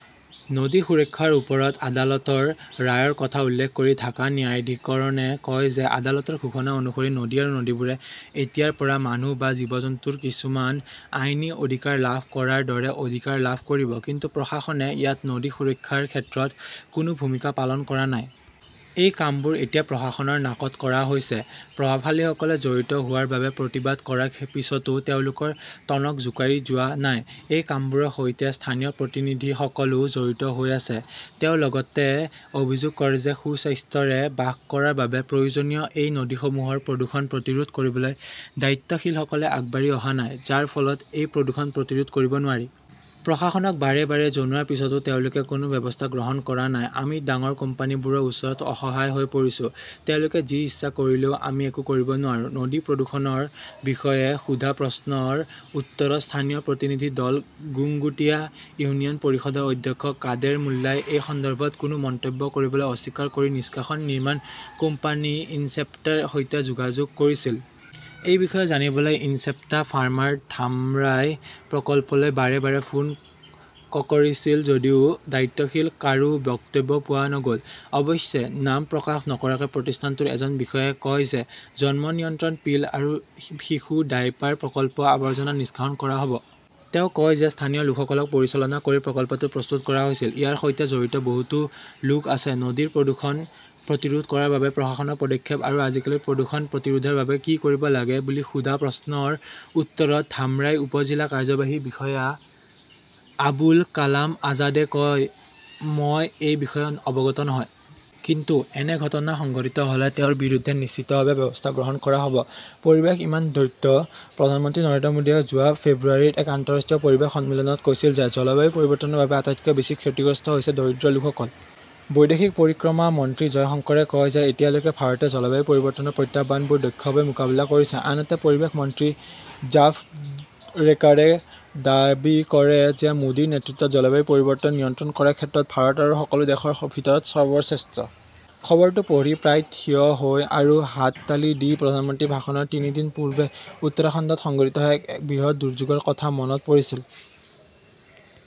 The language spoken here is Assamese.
নদী সুৰক্ষাৰ ওপৰত আদালতৰ ৰায়ৰ কথা উল্লেখ কৰি ঢাকা ন্যায়াধিকৰণে কয় যে আদালতৰ ঘোষণা অনুসৰি নদী আৰু নদীবোৰে এতিয়াৰ পৰা মানুহ বা জীৱ-জন্তুৰ কিছুমান আইনী অধিকাৰ লাভ কৰাৰ দৰে অধিকাৰ লাভ কৰিব। কিন্তু প্ৰশাসনে ইয়াত নদী সুৰক্ষাৰ ক্ষেত্ৰত কোনো ভূমিকা পালন কৰা নাই। এই কামবোৰ এতিয়া প্ৰশাসনৰ নাকত কৰা হৈছে। প্ৰভাৱশালীসকলে জড়িত হোৱাৰ বাবে প্ৰতিবাদ কৰাৰ পিছতো তেওঁলোকৰ টনক জোকাৰি যোৱা নাই। এই কামবোৰৰ সৈতে স্থানীয় প্ৰতিনিধিসকলো জড়িত হৈ আছে। তেওঁ লগতে অভিযোগ কৰে যে সুস্বাস্থ্যৰে বাস কৰাৰ বাবে প্ৰয়োজনীয় এই নদীসমূহৰ প্ৰদূষণ প্ৰতিৰোধ কৰিবলৈ দায়িত্বশীলসকলে আগবাঢ়ি অহা নাই, যাৰ ফলত এই প্ৰদূষণ প্ৰতিৰোধ কৰিব নোৱাৰি। প্ৰশাসনক বাৰে -বাৰে জনোৱাৰ পিছতো তেওঁলোকে কোনো ব্যৱস্থা গ্ৰহণ কৰা নাই। আমি ডাঙৰ কোম্পানীবোৰৰ ওচৰত অসহায় হৈ পৰিছোঁ, তেওঁলোকে যি ইচ্ছা কৰিলেওঁ আমি একো কৰিব নোৱাৰো। নদীৰ প্ৰদূষণৰ বিষয়ে সোধা প্ৰশ্নৰ উত্তৰত স্থানীয় প্ৰতিনিধি দল গংগুটিয়া ইউনিয়ন পৰিষদৰ অধ্যক্ষ কাদেৰ মুল্লাই এই সন্দৰ্ভত কোনো মন্তব্য কৰিবলৈ অস্বীকাৰ কৰি নিষ্কাশন নিৰ্মাণ কোম্পানী ইনচেপ্টাৰ সৈতে যোগাযোগ কৰিছিল। এই বিষয়ে জানিবলৈ ইনচেপ্টা ফাৰ্মাৰ ধামৰাই প্ৰকল্পলৈ বাৰে- বাৰে ফোন ককৰিছিল যদিও দায়িত্বশীল কাৰো বক্তব্য পোৱা নগ'ল। অৱশ্যে, নাম প্ৰকাশ নকৰাকৈ প্ৰতিষ্ঠানটোৰ এজন বিষয়াই কয় যে জন্ম নিয়ন্ত্ৰণ পিল আৰু শিশু ডায়েপাৰ প্ৰকল্পৰ আৱৰ্জনা নিষ্কাশন কৰা হ 'ব। তেওঁ কয় যে স্থানীয় লোকসকলক পৰিচালনা কৰি প্ৰকল্পটো প্ৰস্তুত কৰা হৈছিল। ইয়াৰ সৈতে জড়িত বহুতো লোক আছে। নদীৰ প্ৰদূষণ প্ৰতিৰোধ কৰাৰ বাবে প্ৰশাসনৰ পদক্ষেপ আৰু আজিকালিৰ প্ৰদূষণ প্ৰতিৰোধৰ বাবে কি কৰিব লাগে বুলি সোধা প্ৰশ্নৰ উত্তৰত ধামৰাই উপ-জিলা কাৰ্যবাহী বিষয়া আবুল কালাম আজাদে কয় মই এই বিষয়ে অৱগত নহয়। কিন্তু এনে ঘটনা সংঘটিত হ'লে তেওঁৰ বিৰুদ্ধে নিশ্চিতভাৱে ব্যৱস্থা গ্ৰহণ কৰা হ'ব। পৰিৱেশ ইমান দ্বৈত? প্ৰধানমন্ত্ৰী নৰেন্দ্ৰ মোদীয়ে যোৱা ফেব্ৰুৱাৰীত এক আন্তঃৰাষ্ট্ৰীয় পৰিৱেশ সন্মিলনত কৈছিল যে জলবায়ু পৰিৱৰ্তনৰ বাবে আটাইতকৈ বেছি ক্ষতিগ্ৰস্ত হৈছে দৰিদ্ৰ লোকসকল। বৈদেশিক পৰিক্ৰমা মন্ত্ৰী জয়শংকৰে কয় যে এতিয়ালৈকে ভাৰতে জলবায়ু পৰিৱৰ্তনৰ প্ৰত্যাহ্বানবোৰ দক্ষভাৱে মোকাবিলা কৰিছে, আনহাতে পৰিৱেশ মন্ত্ৰী জাভড়েকাৰে দাবী কৰে যে মোদীৰ নেতৃত্বত জলবায়ু পৰিৱৰ্তন নিয়ন্ত্ৰণ কৰাৰ ক্ষেত্ৰত ভাৰত বা সকলো দেশৰ ভিতৰত সৰ্বশ্ৰেষ্ঠ। খবৰটো পঢ়ি প্ৰায় থিয় হৈ আৰু হাততালি দি প্ৰধানমন্ত্ৰীৰ ভাষণৰ তিনি দিন পূৰ্বে উত্তৰাখণ্ডত সংঘটিত হোৱা এক বৃহৎ দুৰ্যোগৰ কথা মনত পৰিছিল।